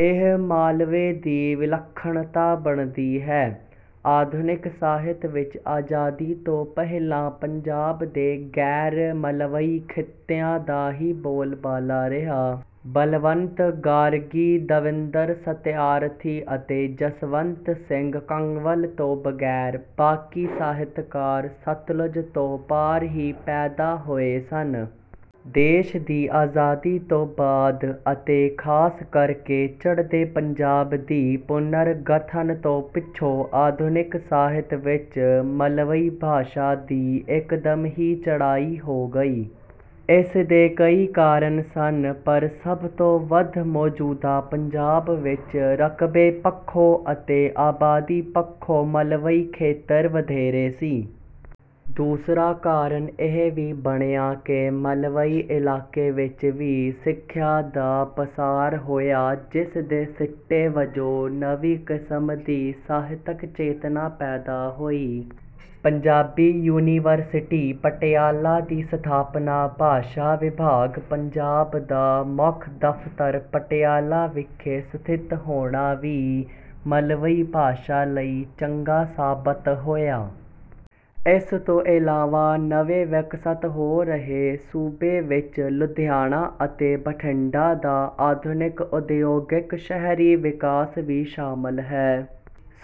ਇਹ ਮਾਲਵੇ ਦੀ ਵਿਲੱਖਣਤਾ ਬਣਦੀ ਹੈ। ਆਧੁਨਿਕ ਸਾਹਿਤ ਵਿੱਚ ਆਜ਼ਾਦੀ ਤੋਂ ਪਹਿਲਾਂ ਪੰਜਾਬ ਦੇ ਗੈਰ ਮਲਵਈ ਖਿੱਤਿਆਂ ਦਾ ਹੀ ਬੋਲਬਾਲਾ ਰਿਹਾ। ਬਲਵੰਤ ਗਾਰਗੀ ਦਵਿੰਦਰ ਸਤਿਆਰਥੀ ਅਤੇ ਜਸਵੰਤ ਸਿੰਘ ਕੰਵਲ ਤੋਂ ਬਗੈਰ ਬਾਕੀ ਸਾਹਿਤਕਾਰ ਸਤਲੁਜ ਤੋਂ ਪਾਰ ਹੀ ਪੈਦਾ ਹੋਏ ਸਨ। ਦੇਸ਼ ਦੀ ਆਜ਼ਾਦੀ ਤੋਂ ਬਾਅਦ ਅਤੇ ਖਾਸ ਕਰਕੇ ਚੜ੍ਹਦੇ ਪੰਜਾਬ ਦੀ ਪੁਨਰ ਗਠਨ ਤੋਂ ਪਿੱਛੋਂ ਆਧੁਨਿਕ ਸਾਹਿਤ ਵਿੱਚ ਮਲਵਈ ਭਾਸ਼ਾ ਦੀ ਇਕਦਮ ਹੀ ਚੜ੍ਹਾਈ ਹੋ ਗਈ। ਇਸ ਦੇ ਕਈ ਕਾਰਨ ਸਨ ਪਰ ਸਭ ਤੋਂ ਵੱਧ ਮੌਜੂਦਾ ਪੰਜਾਬ ਵਿੱਚ ਰਕਬੇ ਪੱਖੋਂ ਅਤੇ ਆਬਾਦੀ ਪੱਖੋਂ ਮਲਵਈ ਖੇਤਰ ਵਧੇਰੇ ਸੀ। ਦੂਸਰਾ ਕਾਰਨ ਇਹ ਵੀ ਬਣਿਆ ਕਿ ਮਲਵਈ ਇਲਾਕੇ ਵਿੱਚ ਵੀ ਸਿੱਖਿਆ ਦਾ ਪਸਾਰ ਹੋਇਆ ਜਿਸ ਦੇ ਸਿੱਟੇ ਵਜੋਂ ਨਵੀਂ ਕਿਸਮ ਦੀ ਸਾਹਿਤਕ ਚੇਤਨਾ ਪੈਦਾ ਹੋਈ। ਪੰਜਾਬੀ ਯੂਨੀਵਰਸਿਟੀ ਪਟਿਆਲਾ ਦੀ ਸਥਾਪਨਾ ਭਾਸ਼ਾ ਵਿਭਾਗ ਪੰਜਾਬ ਦਾ ਮੁੱਖ ਦਫਤਰ ਪਟਿਆਲਾ ਵਿਖੇ ਸਥਿਤ ਹੋਣਾ ਵੀ ਮਲਵਈ ਭਾਸ਼ਾ ਲਈ ਚੰਗਾ ਸਾਬਤ ਹੋਇਆ। ਇਸ ਤੋਂ ਇਲਾਵਾ ਨਵੇਂ ਵਿਕਸਤ ਹੋ ਰਹੇ ਸੂਬੇ ਵਿੱਚ ਲੁਧਿਆਣਾ ਅਤੇ ਬਠਿੰਡਾ ਦਾ ਆਧੁਨਿਕ ਉਦਯੋਗਿਕ ਸ਼ਹਿਰੀ ਵਿਕਾਸ ਵੀ ਸ਼ਾਮਲ ਹੈ।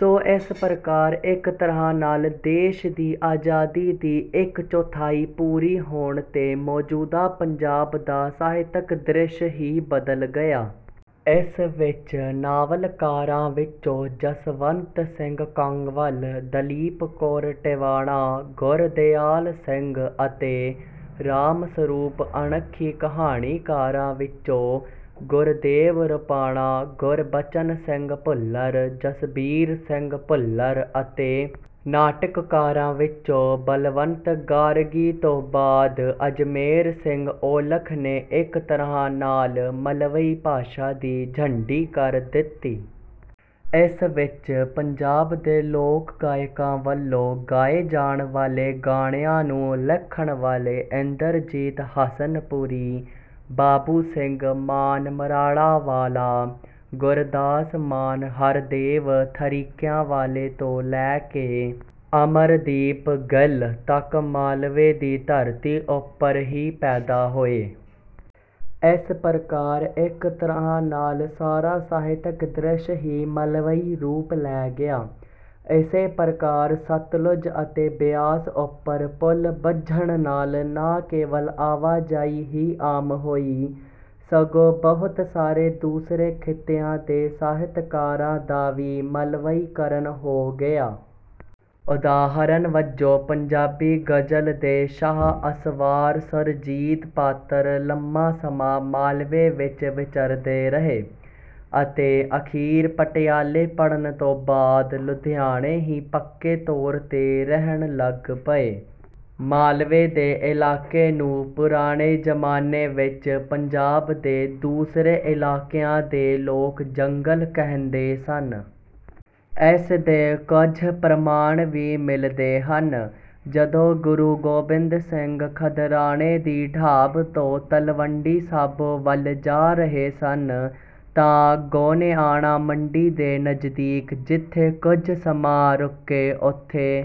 ਸੋ ਇਸ ਪ੍ਰਕਾਰ ਇੱਕ ਤਰ੍ਹਾਂ ਨਾਲ ਦੇਸ਼ ਦੀ ਆਜ਼ਾਦੀ ਦੀ ਇੱਕ ਚੌਥਾਈ ਪੂਰੀ ਹੋਣ ਤੇ ਮੌਜੂਦਾ ਪੰਜਾਬ ਦਾ ਸਾਹਿਤਕ ਦ੍ਰਿਸ਼ ਹੀ ਬਦਲ ਗਿਆ। ਇਸ ਵਿੱਚ ਨਾਵਲਕਾਰਾਂ ਵਿੱਚੋਂ ਜਸਵੰਤ ਸਿੰਘ ਕੰਵਲ ਦਲੀਪ ਕੌਰ ਟਿਵਾਣਾ ਗੁਰਦਿਆਲ ਸਿੰਘ ਅਤੇ ਰਾਮ ਸਰੂਪ ਅਣਖੀ ਕਹਾਣੀਕਾਰਾਂ ਵਿੱਚੋਂ ਗੁਰਦੇਵ ਰੁਪਾਣਾ ਗੁਰਬਚਨ ਸਿੰਘ ਭੁੱਲਰ ਜਸਬੀਰ ਸਿੰਘ ਭੁੱਲਰ ਅਤੇ ਨਾਟਕਕਾਰਾਂ ਵਿੱਚੋਂ ਬਲਵੰਤ ਗਾਰਗੀ ਤੋਂ ਬਾਅਦ ਅਜਮੇਰ ਸਿੰਘ ਔਲਖ ਨੇ ਇੱਕ ਤਰ੍ਹਾਂ ਨਾਲ ਮਲਵਈ ਭਾਸ਼ਾ ਦੀ ਝੰਡੀ ਕਰ ਦਿੱਤੀ। ਇਸ ਵਿੱਚ ਪੰਜਾਬ ਦੇ ਲੋਕ ਗਾਇਕਾਂ ਵੱਲੋਂ ਗਾਏ ਜਾਣ ਵਾਲੇ ਗਾਣਿਆਂ ਨੂੰ ਲਿਖਣ ਵਾਲੇ ਇੰਦਰਜੀਤ ਹਸਨਪੁਰੀ ਬਾਬੂ ਸਿੰਘ ਮਾਨ ਮਰਾੜਾਂਵਾਲਾ ਗੁਰਦਾਸ ਮਾਨ ਹਰਦੇਵ ਥਰੀਕਿਆਂ ਵਾਲੇ ਤੋਂ ਲੈ ਕੇ ਅਮਰਦੀਪ ਗਿੱਲ ਤਕ ਮਾਲਵੇ ਦੀ ਧਰਤੀ ਉਪਰ ਹੀ ਪੈਦਾ ਹੋਏ। ਇਸ ਪ੍ਰਕਾਰ ਇੱਕ ਤਰ੍ਹਾਂ ਨਾਲ ਸਾਰਾ ਸਾਹਿਤਕ ਦ੍ਰਿਸ਼ ਹੀ ਮਲਵਈ ਰੂਪ ਲੈ ਗਿਆ। ਇਸੇ ਪ੍ਰਕਾਰ ਸਤਲੁਜ ਅਤੇ ਬਿਆਸ ਉਪਰ ਪੁਲ ਬੱਝਣ ਨਾਲ ਨਾ ਕੇਵਲ ਆਵਾਜਾਈ ਹੀ ਆਮ ਹੋਈ ਸਗੋਂ ਬਹੁਤ ਸਾਰੇ ਦੂਸਰੇ ਖਿੱਤਿਆਂ ਦੇ ਸਾਹਿਤਕਾਰਾਂ ਦਾ ਵੀ ਮਲਵਈਕਰਨ ਹੋ ਗਿਆ। ਉਦਾਹਰਨ ਵਜੋਂ ਪੰਜਾਬੀ ਗ਼ਜ਼ਲ ਦੇ ਸ਼ਾਹ ਅਸਵਾਰ ਸੁਰਜੀਤ ਪਾਤਰ ਲੰਮਾ ਸਮਾਂ ਮਾਲਵੇ ਵਿੱਚ ਵਿਚਰਦੇ ਰਹੇ ਅਤੇ ਅਖੀਰ ਪਟਿਆਲੇ ਪੜ੍ਹਨ ਤੋਂ ਬਾਅਦ ਲੁਧਿਆਣੇ ਹੀ ਪੱਕੇ ਤੌਰ ਤੇ ਰਹਿਣ ਲੱਗ ਪਏ। ਮਾਲਵੇ ਦੇ ਇਲਾਕੇ ਨੂੰ ਪੁਰਾਣੇ ਜ਼ਮਾਨੇ ਵਿੱਚ ਪੰਜਾਬ ਦੇ ਦੂਸਰੇ ਇਲਾਕਿਆਂ ਦੇ ਲੋਕ ਜੰਗਲ ਕਹਿੰਦੇ ਸਨ। ਇਸ ਦੇ ਕੁਝ ਪ੍ਰਮਾਣ ਵੀ ਮਿਲਦੇ ਹਨ। ਜਦੋਂ ਗੁਰੂ ਗੋਬਿੰਦ ਸਿੰਘ ਖਦਰਾਣੇ ਦੀ ਢਾਬ ਤੋਂ ਤਲਵੰਡੀ ਸਾਬੋ ਵੱਲ ਜਾ ਰਹੇ ਸਨ ਤਾਂ ਗੋਨਿਆਣਾ ਮੰਡੀ ਦੇ ਨਜ਼ਦੀਕ ਜਿੱਥੇ ਕੁਝ ਸਮਾਂ ਰੁਕੇ ਉਥੇ